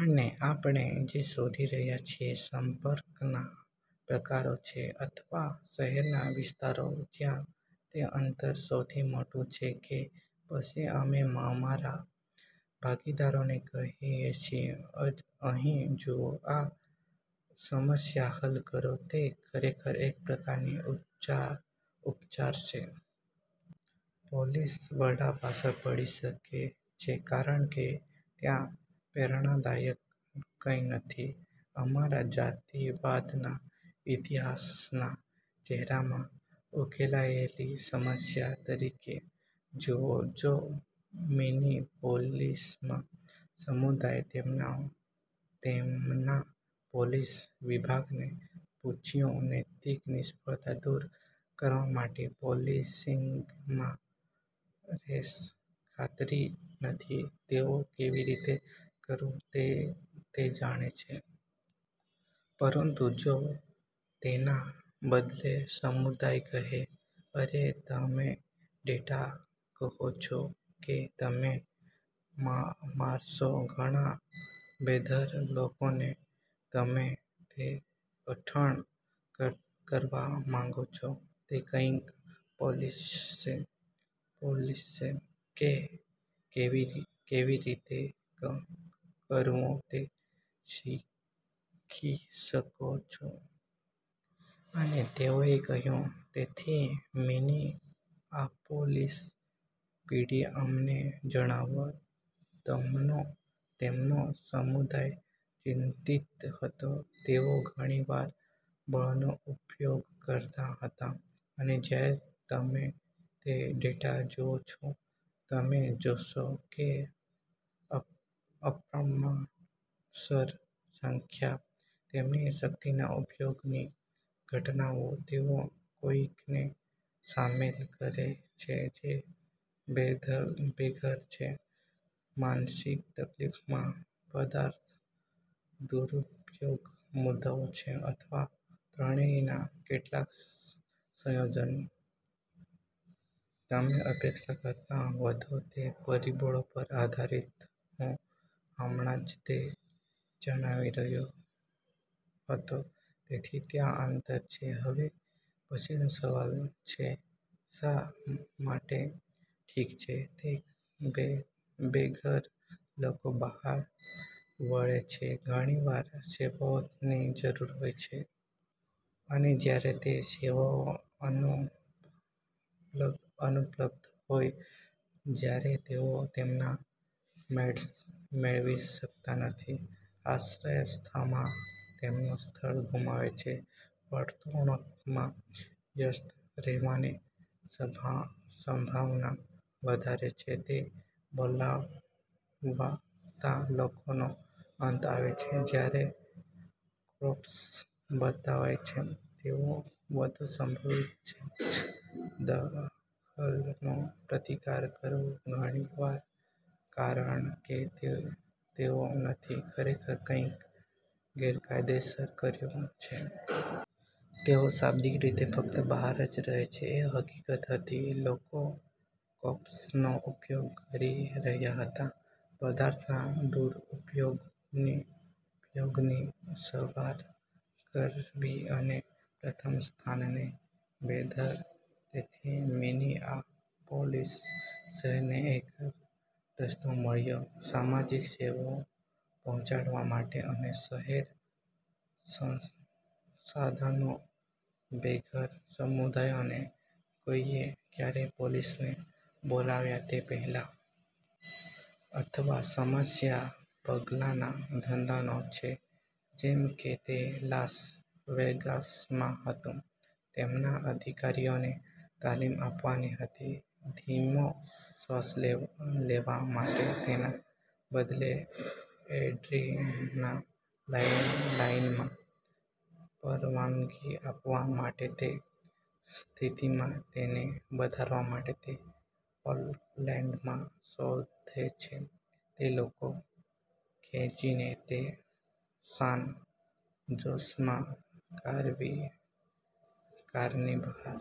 અને આપણે જે શોધી રહ્યા છીએ સંપર્કના પ્રકારો છે અથવા શહેરના વિસ્તારો જ્યાં તે અંતર સૌથી મોટું છે કે પછી અમે અમારા ભાગીદારોને કહી શકીએ "અહીં જુઓ. આ સમસ્યા હલ કરો". તે ખરેખર એક પ્રકારની ઉપચાર છે. પોલીસ વડા પાછળ પડી શકે છે કારણ કે ત્યાં પ્રેરણાદાયક કંઈ નથી અમારા જાતિવાદના ઇતિહાસના ચહેરામાં ઉકેલાયેલી સમસ્યા તરીકે. જુઓ, જો મિનીપોલિસમાં સમુદાય તેમના પોલીસ વિભાગને પૂછ્યું નૈતિક નિષ્ફળતા દૂર કરવા માટે પોલીસિંગમાં રેસ, ખાતરી નથી તેઓ કેવી રીતે કરવું તે જાણે છે. પરંતુ જો તેના બદલે સમુદાય કહે, "અરે, તમે ડેટા કહો છો કે તમે મારશો ઘણા બેઘર લોકોને, તમે તે કઠણ કરવા માંગો છો"? તે કંઈક પોલીસ છે. કેવી રીતે કરવું તે શીખી શકો છો. અને તેઓએ કર્યું. તેથી, મિનીઆપોલિસ પીડી અમને જણાવો તેમનો સમુદાય ચિંતિત હતો તેઓ ઘણી વાર બળનો ઉપયોગ કરતા હતા. અને જ્યારે તમે તે ડેટા જુઓ છો, તમે જોશો કે અપ્રમાણસર સંખ્યા તેમની શક્તિના ઉપયોગની ઘટનાઓ તેઓ કોઈકને સામેલ કરે છે જે બેઘર છે, માનસિક તકલીફમાં, પદાર્થ દુરૂપયોગ મુદ્દો છે અથવા ત્રણેયના કેટલાક સંયોજન. તમે અપેક્ષા કરતાં વધુ તે પરિબળો પર આધારિત હું હમણાં જ તે જણાવી રહ્યો હતો. તેથી ત્યાં અંતર છે. હવે પછીનો સવાલ છે "શા માટે"? ઠીક છે, તે બેઘર લોકો બહાર વળે છે ઘણીવાર સેવાઓની જરૂર હોય છે. અને જ્યારે તે સેવાઓ અનુપલબ્ધ હોય, જ્યારે તેઓ તેમના મેડ્સ મેળવી શકતા નથી, આશ્રયસ્થાનમાં તેમનું સ્થળ ગુમાવે છે. વર્તણૂંકમાં વ્યસ્ત રહેવાની સંભાવના વધારે છે તે બોલાવતા લોકોનો અંત આવે છે. જ્યારે ક્રોપસ બતાવાય છે તેઓ વધુ સંભવિત છે દખલનો પ્રતિકાર કરવો ઘણી વાર કારણ કે તેઓ નથી ખરેખર કંઈક ગેરકાયદેસર કર્યું છે. તેઓ શાબ્દિક રીતે ફક્ત બહાર રહે છે. એ હકીકત હતી લોકો કોપ્સનો ઉપયોગ કરી રહ્યા હતા પદાર્થના દુરૂપયોગની સારવાર કરવી અને પ્રથમ સ્થાને બેઘર. તેથી મિનીઆપોલિસ શહેરને એક રસ્તો મળ્યો સામાજિક સેવાઓ પહોંચાડવા માટે અને શહેર સંસાધનો બેઘર સમુદાયને કોઈએ ક્યારેય પોલીસને બોલાવ્યા તે પહેલાં. અથવા સમસ્યા પગલાના ધંધાનો છે જેમ કે તે લાસ વેગાસમાં હતું. તેમના અધિકારીઓને તાલીમ આપવાની હતી ધીમો શ્વાસ લેવા માટે. તેના બદલે એડ્રેનાલાઇનમાં પરવાનગી આપવા માટે તે સ્થિતિમાં તેને વધારવા માટે. તે ઓકલેન્ડમાં શોધે છે. તે લોકો ખેંચીને છે સાન જોસમાં કારની બહાર.